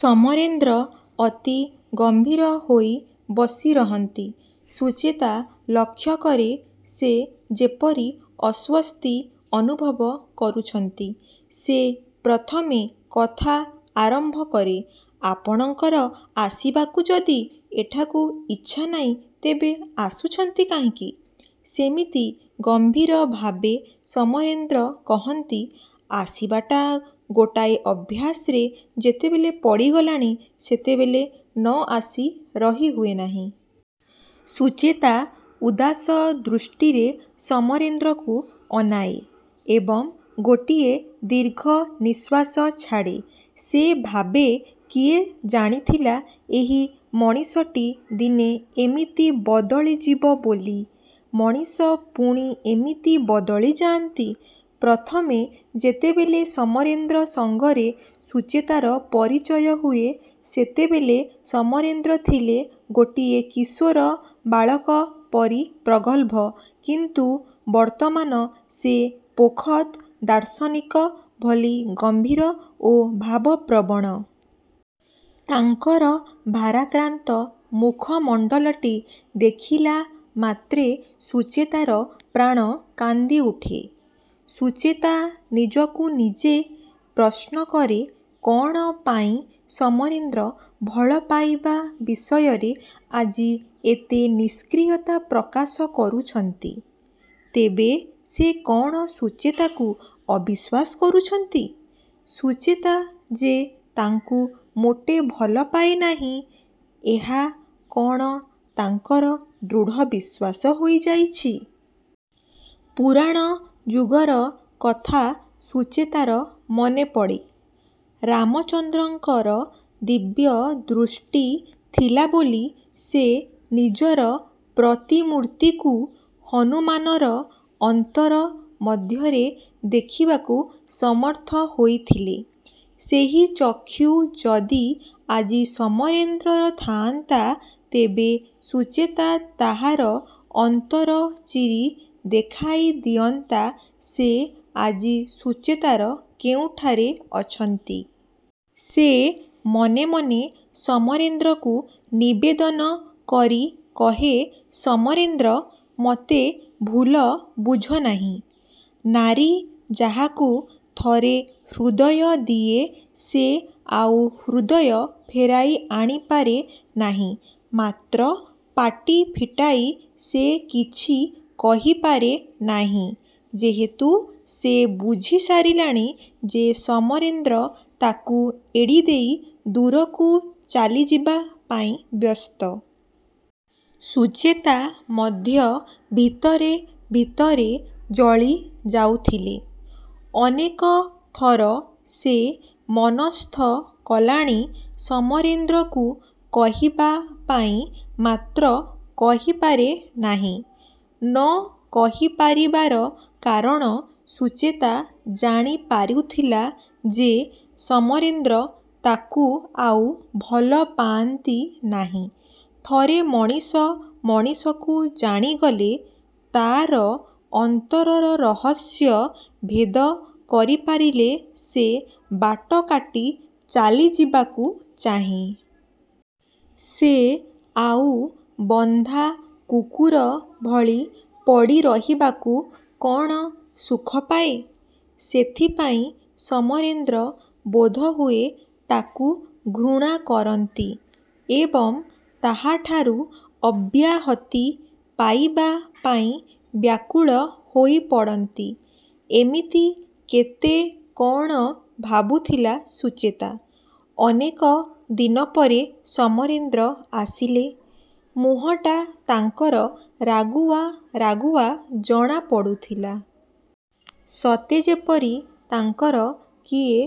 ସମରେନ୍ଦ୍ର ଅତି ଗମ୍ଭୀର ହୋଇ ବସିରହନ୍ତି। ସୁଚେତା ଲକ୍ଷ୍ୟ କରେ ସେ ଯେପରି ଅସ୍ୱସ୍ତି ଅନୁଭବ କରୁଛନ୍ତି। ସେ ପ୍ରଥମେ କଥା ଆରମ୍ଭ କରେ ''ଆପଣଙ୍କର ଆସିବାକୁ ଯଦି ଏଠାକୁ ଇଚ୍ଛା ନାହିଁ ତେବେ ଆସୁଛନ୍ତି କାହିଁକି? '' ସେମିତି ଗମ୍ଭୀର ଭାବେ ସମରେନ୍ଦ୍ର କହନ୍ତି ''ଆସିବାଟା ଗୋଟାଏ ଅଭ୍ୟାସରେ ଯେତେବେଳେ ପଡ଼ିଗଲାଣି ସେତେବେଳେ ନ ଆସି ରହି ହୁଏ ନାହିଁ। '' ସୁଚେତା ଉଦାସ ଦୃଷ୍ଟିରେ ସମରେନ୍ଦ୍ରକୁ ଅନାଏ; ଏବଂ ଗୋଟିଏ ଦୀର୍ଘ ନିଶ୍ୱାସ ଛାଡ଼େ। ସେ ଭାବେ କିଏ ଜାଣିଥିଲା ଏହି ମଣିଷଟି ଦିନେ ଏମିତି ବଦଳିଯିବ ବୋଲି। ମଣିଷ ପୁଣି ଏମିତି ବଦଳି ଯାଆନ୍ତି? ପ୍ରଥମେ ଯେତେବେଳେ ସମରେନ୍ଦ୍ର ସଙ୍ଗରେ ସୁଚେତାର ପରିଚୟ ହୁଏ ସେତେବେଳେ ସମରେନ୍ଦ୍ର ଥିଲେ ଗୋଟିଏ କିଶୋର ବାଳକ ପରି ପ୍ରଗଳ୍ଭ କିନ୍ତୁ ବର୍ତ୍ତମାନ ସେ ପୋଖତ୍ ଦାର୍ଶନିକ ଭଳି ଗମ୍ଭୀର ଓ ଭାବପ୍ରବଣ। ତାଙ୍କର ଭାରାକ୍ରାନ୍ତ ମୁଖମଣ୍ଡଳଟି ଦେଖିଲା ମାତ୍ରେ ସୁଚେତାର ପ୍ରାଣ କାନ୍ଦିଉଠେ। ସୁଚେତା ନିଜକୁ ନିଜେ ପ୍ରଶ୍ନ କରେ କ'ଣ ପାଇଁ ସମରେନ୍ଦ୍ର ଭଲ ପାଇବା ବିଷୟରେ ଆଜି ଏତେ ନିଷ୍କ୍ରିୟତା ପ୍ରକାଶ କରୁଛନ୍ତି? ତେବେ ସେ କ'ଣ ସୁଚେତାକୁ ଅବିଶ୍ୱାସ କରୁଛନ୍ତି? ସୁଚେତା ଯେ ତାଙ୍କୁ ମୋଟେ ଭଲପାଏ ନାହିଁ, ଏହା କ'ଣ ତାଙ୍କର ଦୃଢ଼ ବିଶ୍ୱାସ ହୋଇଯାଇଛି। ପୁରାଣ ଯୁଗର କଥା ସୁଚେତାର ମନେପଡ଼େ। ରାମଚନ୍ଦ୍ରଙ୍କର ଦିବ୍ୟ ଦୃଷ୍ଟି ଥିଲାବୋଲି ସେ ନିଜର ପ୍ରତିମୂର୍ତ୍ତିକୁ ହନୁମାନର ଅନ୍ତର ମଧ୍ୟରେ ଦେଖୁବାକୁ ସମର୍ଥ ହୋଇଥିଲେ। ସେହି ଚକ୍ଷୁ ଯଦି ଆଜି ସମରେନ୍ଦ୍ରର ଥାଆନ୍ତା ତେବେ ସୁଚେତା ତାହାର ଅନ୍ତର ଚିରି ଦେଖାଇ ଦିଅନ୍ତା ସେ ଆଜି ସୁଚେତାର କେଉଁଠାରେ ଅଛନ୍ତି। ସେ ମନେମନେ ସମରେନ୍ଦ୍ରକୁ ନିବେଦନ କରି କହେ ସମରେନ୍ଦ୍ର! ମୋତେ ଭୁଲ ବୁଝନାହିଁ। ନାରୀ ଯାହାକୁ ଥରେ ହୃଦୟ ଦିଏ ସେ ଆଉ ହୃଦୟ ଫେରାଇ ଆଣିପାରେ ନାହିଁ। ମାତ୍ର ପାଟି ଫିଟାଇ ସେ କିଛି କହିପାରେ ନାହିଁ, ଯେହେତୁ ସେ ବୁଝିସାରିଲାଣି ଯେ ସମରେନ୍ଦ୍ର ତାକୁ ଏଡ଼ିଦେଇ ଦୂରକୁ ଚାଲିଯିବା ପାଇଁ ବ୍ୟସ୍ତ। ସୁଚେତା ମଧ୍ୟ ଭିତରେ ଭିତରେ ଜଳି ଯାଉଥିଲେ। ଅନେକ ଥର ସେ ମନସ୍ଥ କଲାଣି ସମରେନ୍ଦ୍ରକୁ କହିବା ପାଇଁ ମାତ୍ର କହିପାରେ ନାହିଁ। ନ କହିପାରିବାର କାରଣ ସୁଚେତା ଜାଣି ପାରୁଥିଲା ଯେ ସମରେନ୍ଦ୍ର ତାକୁ ଆଉ ଭଲ ପାଆନ୍ତି ନାହିଁ। ଥରେ ମଣିଷ ମଣିଷକୁ ଜାଣିଗଲେ, ତା'ର ଅନ୍ତରର ରହସ୍ୟ ଭେଦ କରିପାରିଲେ ସେ ବାଟକାଟି ଚାଲିଯିବାକୁ ଚାହେଁ। ସେ ଆଉ ବନ୍ଧା କୁକୁର ଭଳି ପଡ଼ିରହିବାକୁ କ'ଣ ସୁଖପାଏ? ସେଥିପାଇଁ ସମରେନ୍ଦ୍ର ବୋଧହୁଏ ତାକୁ ଘୃଣା କରନ୍ତି ଏବଂ ତାହାଠାରୁ ଅବ୍ୟାହତି ପାଇବା ପାଇଁ ବ୍ୟାକୁଳ ହୋଇପଡ଼ନ୍ତି। ଏମିତି କେତେ କ'ଣ ଭାବୁଥିଲା ସୁଚେତା। ଅନେକ ଦିନପରେ ସମରେନ୍ଦ୍ର ଆସିଲେ। ମୁହଁଟା ତାଙ୍କର ରାଗୁଆ ରାଗୁଆ ଜଣାପଡ଼ୁଥିଲା। ସତେଯେପରି ତାଙ୍କର କିଏ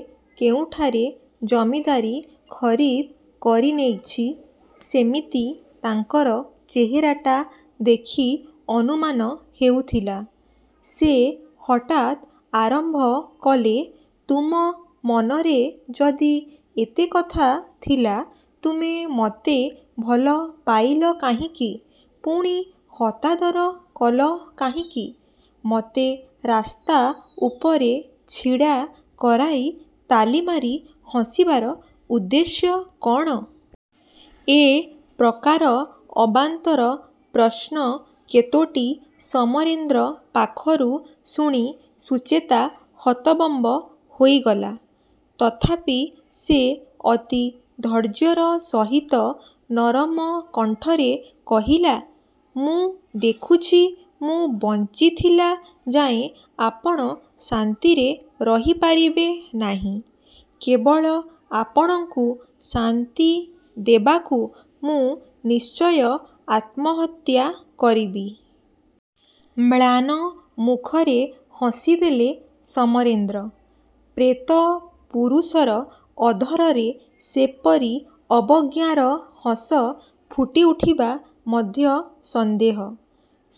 କେଉଁଠାରେ ଜମିଦାରୀ ଖରିଦ୍ କରିନେଇଛି, ସେମିତି ତାଙ୍କର ଚେହେରାଟା ଦେଖି ଅନୁମାନ ହେଉଥିଲା। ସେ ହଠାତ୍ ଆରମ୍ଭ କଲେ ''ତୁମ ମନରେ ଯଦି ଏତେକଥା ଥିଲା ତୁମେ ମୋତେ ଭଲ ପାଇଲ କାହିଁକି? ପୁଣି ହତାଦର କଲ କାହିଁକି? ମୋତେ ରାସ୍ତା ଉପରେ ଛିଡ଼ା କରାଇ ତାଳିମାରି ହସିବାର ଉଦ୍ଦେଶ୍ୟ କ'ଣ? '' ଏ ପ୍ରକାର ଅବାନ୍ତର ପ୍ରଶ୍ନ କେତୋଟି ସମରେନ୍ଦ୍ର ପାଖରୁ ଶୁଣି ସୁଚେତା ହତବମ୍ୱ ହୋଇଗଲା। ତଥାପି ସେ ଅତି ଧୈର୍ଯ୍ୟର ସହିତ ନରମ କଣ୍ଠରେ କହିଲା ''ମୁଁ ଦେଖୁଛି ମୁଁ ବଞ୍ଚିଥିଲା ଯାଏ ଆପଣ ଶାନ୍ତିରେ ରହିପାରିବେ ନାହିଁ। କେବଳ ଆପଣଙ୍କୁ ଶାନ୍ତି ଦେବାକୁ ମୁଁ ନିଶ୍ଚୟ ଆତ୍ମହତ୍ୟା କରିବି। '' ମ୍ଳାନ ମୁଖରେ ହସିଦେଲେ ସମରେନ୍ଦ୍ର। ପ୍ରେତ ପୁରୁଷର ଅଧରରେ ସେପରି ଅବଜ୍ଞାର ହସ ଫୁଟିଉଠିବା ମଧ୍ୟ ସନ୍ଦେହ।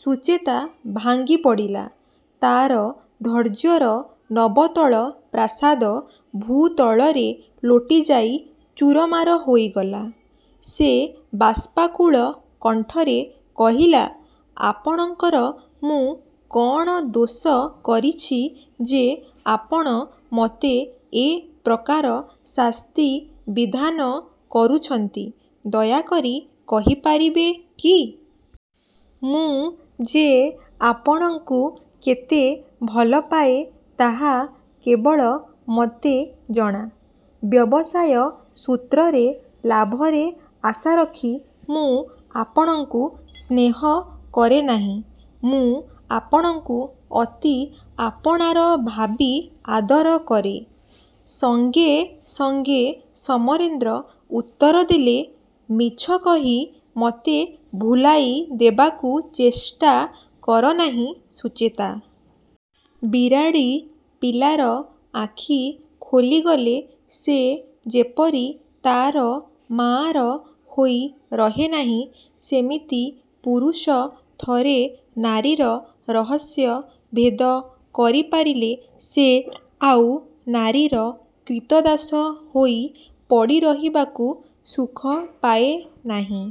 ସୁଚେତା ଭାଙ୍ଗିପଡ଼ିଲା। ତା'ର ଧୈର୍ଯ୍ୟର ନବତଳ ପ୍ରାସାଦ ଭୂତଳରେ ଲୋଟିଯାଇ ଚୂରମାର ହୋଇଗଲା। ସେ ବାଷ୍ପାକୁଳ କଣ୍ଠରେ କହିଲା ''ଆପଣଙ୍କର ମୁଁ କ'ଣ ଦୋଷ କରିଛି ଯେ ଆପଣ ମୋତେ ଏ ପ୍ରକାର ଶାସ୍ତି ବିଧାନ କରୁଛନ୍ତି, ଦୟାକରି କହି ପାରିବେ କି? ମୁଁ ଯେ ଆପଣଙ୍କୁ କେତେ ଭଲପାଏ ତାହା କେବଳ ମୋତେ ଜଣା। ବ୍ୟବସାୟ ସୂତ୍ରରେ ଲାଭରେ ଆଶାରଖି ମୁଁ ଆପଣଙ୍କୁ ସ୍ନେହ କରେନାହିଁ, ମୁଁ ଆପଣଙ୍କୁ ଅତି ଆପଣାର ଭାବି ଆଦର କରେ। '' ସଙ୍ଗେ ସଙ୍ଗେ ସମରେନ୍ଦ୍ର ଉତ୍ତରଦେଲେ ''ମିଛ କହି ମୋତେ ଭୁଲାଇ ଦେବାକୁ ଚେଷ୍ଟା କରନାହିଁ ସୁଚେତା। ବିରାଡ଼ି ପିଲାର ଆଖି ଖୋଲିଗଲେ ସେ ଯେପରି ତା'ର ମାଆର ହୋଇ ରହେନାହିଁ ସେମିତି ପୁରୁଷ ଥରେ ନାରୀର ରହସ୍ୟ ଭେଦ କରିପାରିଲେ ସେ ଆଉ ନାରୀର କ୍ରୀତଦାସ ହୋଇ ପଡ଼ିରହିବାକୁ ସୁଖ ପାଏ ନାହିଁ।